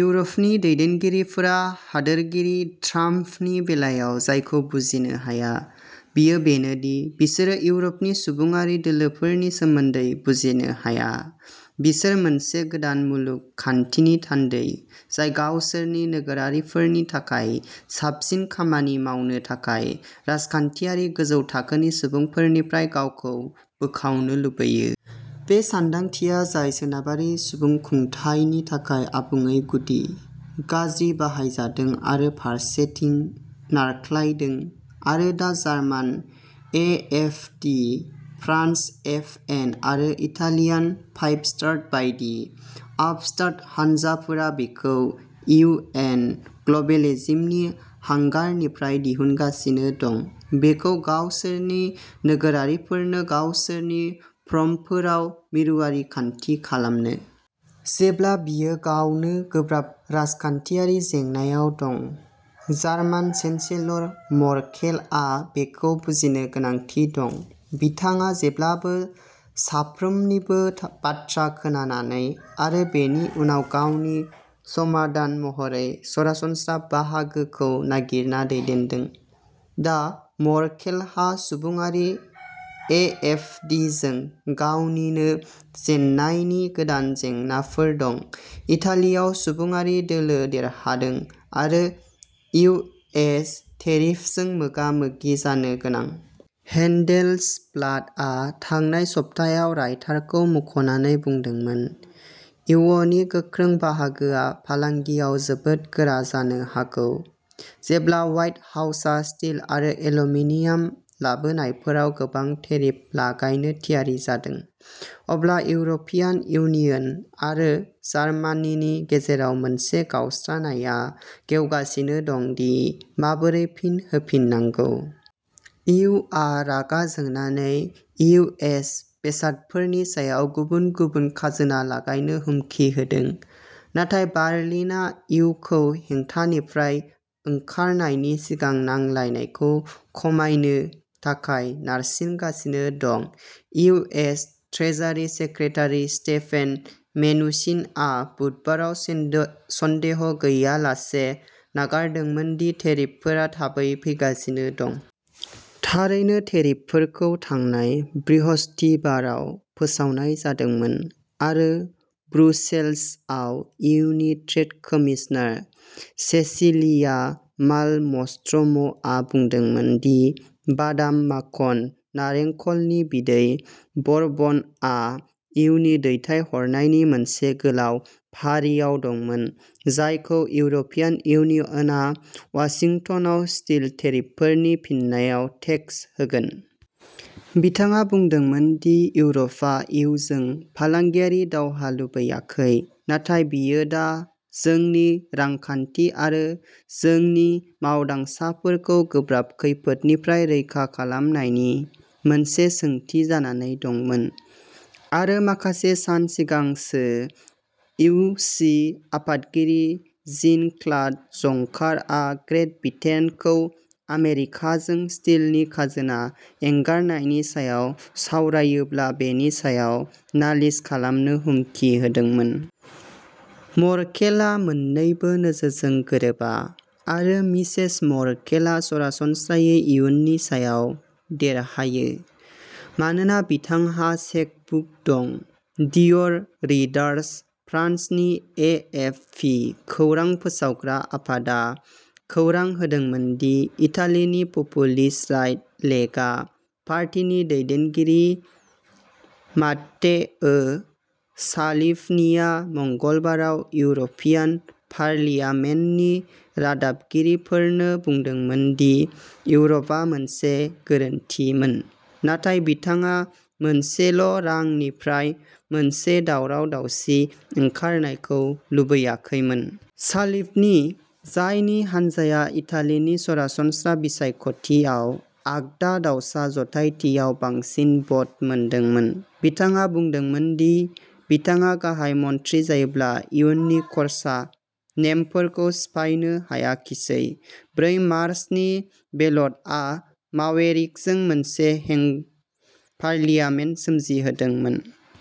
इउरपनि दैदेनगिरिफोरा हादोरगिरि ट्राम्पनि बेलायाव जायखौ बुजिनो हाया, बेयो बेनो दि बिसोरो इउरपनि सुबुंआरि दोलोफोरनि सोमोन्दै बुजिनो हाया बिसोर मोनसे गोदान मुलुग खान्थिनि थान्दै जाय गावसोरनि नोगोरारिफोरनि थाखाय साबसिन खामानि मावनो थाखाय राजखान्थियारि गोजौ थाखोनि सुबुंफोरनिफ्राय गावखौ बोखावनो लुबैयो। बै सानदांथिया, जाय सोनाबारि सुबुंखुंथायनि थाखाय आबुङै गुदि, गाज्रि बाहायजादों आरो फारसेथिं नारख्लायदों, आरो दा जार्मान एएफडि, फ्रान्स एफएन आरो इटालियान फाइभ-स्टार बायदि "आपस्टार्ट" हानजाफोरा बेखौ इउ. एन. ग्लबेलिजमनि हांगारनिफ्राय दिहुनगासिनो दं, बेखौ गावसोरनि नोगोरारिफोरनो गावसोरनि प्रमफोराव मिरुआरि खान्थि खालामनो। जेब्ला बियो गावनो गोब्राब राजखान्थियारि जेंनाआव दं, जार्मान चेन्सेलर मर्केलआ बेखौ बुजिनो गोनांथि दं। बिथाङा जेब्लाबो साफ्रोमनिबो बाथ्रा खोनानानै आरो बेनि उनाव गावनि समाधान महरै सरासनस्रा बाहागोखौ नागिरना दैदेनदों। दा, मर्केलहा सुबुंआरि एएफडिजों गावनिनो जेननायनि गोदान जेंनाफोर दं, इटालियाव सुबुंआरि दोलो देरहादों, आरो इउएस टेरिफजों मोगा-मोगि जानो गोनां। हेन्डेल्सब्लाटआ थांनाय सप्तायाव रायटारखौ मुंख'नानै बुंदोंमोनः "इउयनि गोख्रों बाहागोआ फालांगियाव जोबोद गोरा जानो हागौ। जेब्ला ह्वाइट हाउसआ स्टिल आरो एल्युमिनियाम लाबोनायफोराव गोबां टेरिफ लागायनो थियारि जादों, अब्ला इउर'पियान इउनियन आरो जार्मानिनि गेजेराव मोनसे गावस्रानायआ गेवगासिनो दं दि माबोरै फिन होफिननांगौ। इउ आ रागा जोंनानै इउएस बेसादफोरनि सायाव गुबुन-गुबुन खाजोना लागायनो हुमखि होदों, नाथाय बार्लिना इउखौ हेंथानिफ्राय ओंखारनायनि सिगां नांलायनायखौ खमायनो थाखाय नारसिनगासिनो दं। इउएस ट्रेजारि सेक्रेटारि स्टेफेन मेनुचिनआ बुधबाराव सन्देह गैयालासे नागारदोंमोन दि टेरिफफोरा थाबै फैगासिनो दं।" थारैनो, टेरिफफोरखौ थांनाय बृहस्पतिबाराव फोसावनाय जादोंमोन। आरो, ब्रुसेल्सआव इउनि ट्रेड कमिसनार सेसिलिया मालमस्ट्र'मआ बुंदोंमोन दि बादाम माखन, नारेंखलनि बिदै, बरबनआ इउनि दैथायहरनायनि मोनसे गोलाव फारियाव दंमोन जायखौ इउर'पियान इउनियनआ वाशिंटनआव स्टिल टेरिफफोरनि फिननायाव टेक्स होगोन। बिथाङा बुंदोंमोन दि इउर'पआ इउजों फालांगियारि दावहा लुबैयाखै, नाथाय बेयो दा "जोंनि रांखान्थि आरो जोंनि मावदांसाफोरखौ गोब्राब खैफोदनिफ्राय रैखा खालामनायनि" मोनसे सोंथि जानानै दंमोन। आरो, माखासे सान सिगांसो, इसि आफादगिरि जीन-क्लद जंकारआ ग्रेट ब्रिटेनखौ आमेरिका जों स्टिलनि खाजोना एंगारनायनि सायाव सावरायोब्ला बेनि सायाव नालिस खालामनो हुमखि होदोंमोन। मर्केलआ मोननैबो नोजोरजों गोरोबा। आरो, मिसेस मर्केलआ सरासनस्रायै इयुनि सायाव देरहायो मानोना बिथांहा चेकबुक दं। • डियर रीडार्स, फ्रान्सनि एएफपि खौरां फोसावग्रा आफादआ खौरां होदोंमोन दि इटालीनि पपुलिस्ट-राइट लेगा पार्टीनि दैदेनगिरि मात्तेओ साल्विनीआ मंगलबाराव इउर'पियान पार्लियामेन्टनि रादाबगिरिफोरनो बुंदोंमोन दि इउर'आ मोनसे "गोरोन्थि" मोन नाथाय बिथाङा मोनसेल'रांनिफ्राय मोनसे दावराव-दावसि ओंखारनायखौ लुबैयाखैमोन। साल्विनी, जायनि हानजाया इटालीनि सरासनस्रा बिसायख'थियाव आगदा-दावसा जथायथियाव बांसिन भ'ट मोनदोंमोन, बिथाङा बुंदोंमोन दि बिथाङा गाहाय मन्थ्रि जायोब्ला इयुनि खर्सा नेमफोरखौ सिफायनो हायाखिसै। ब्रै मार्चनि बेलटआ मावेरिकजों मोनसे हेंग पार्लियामेन्ट सोमजिहोदोंमोन।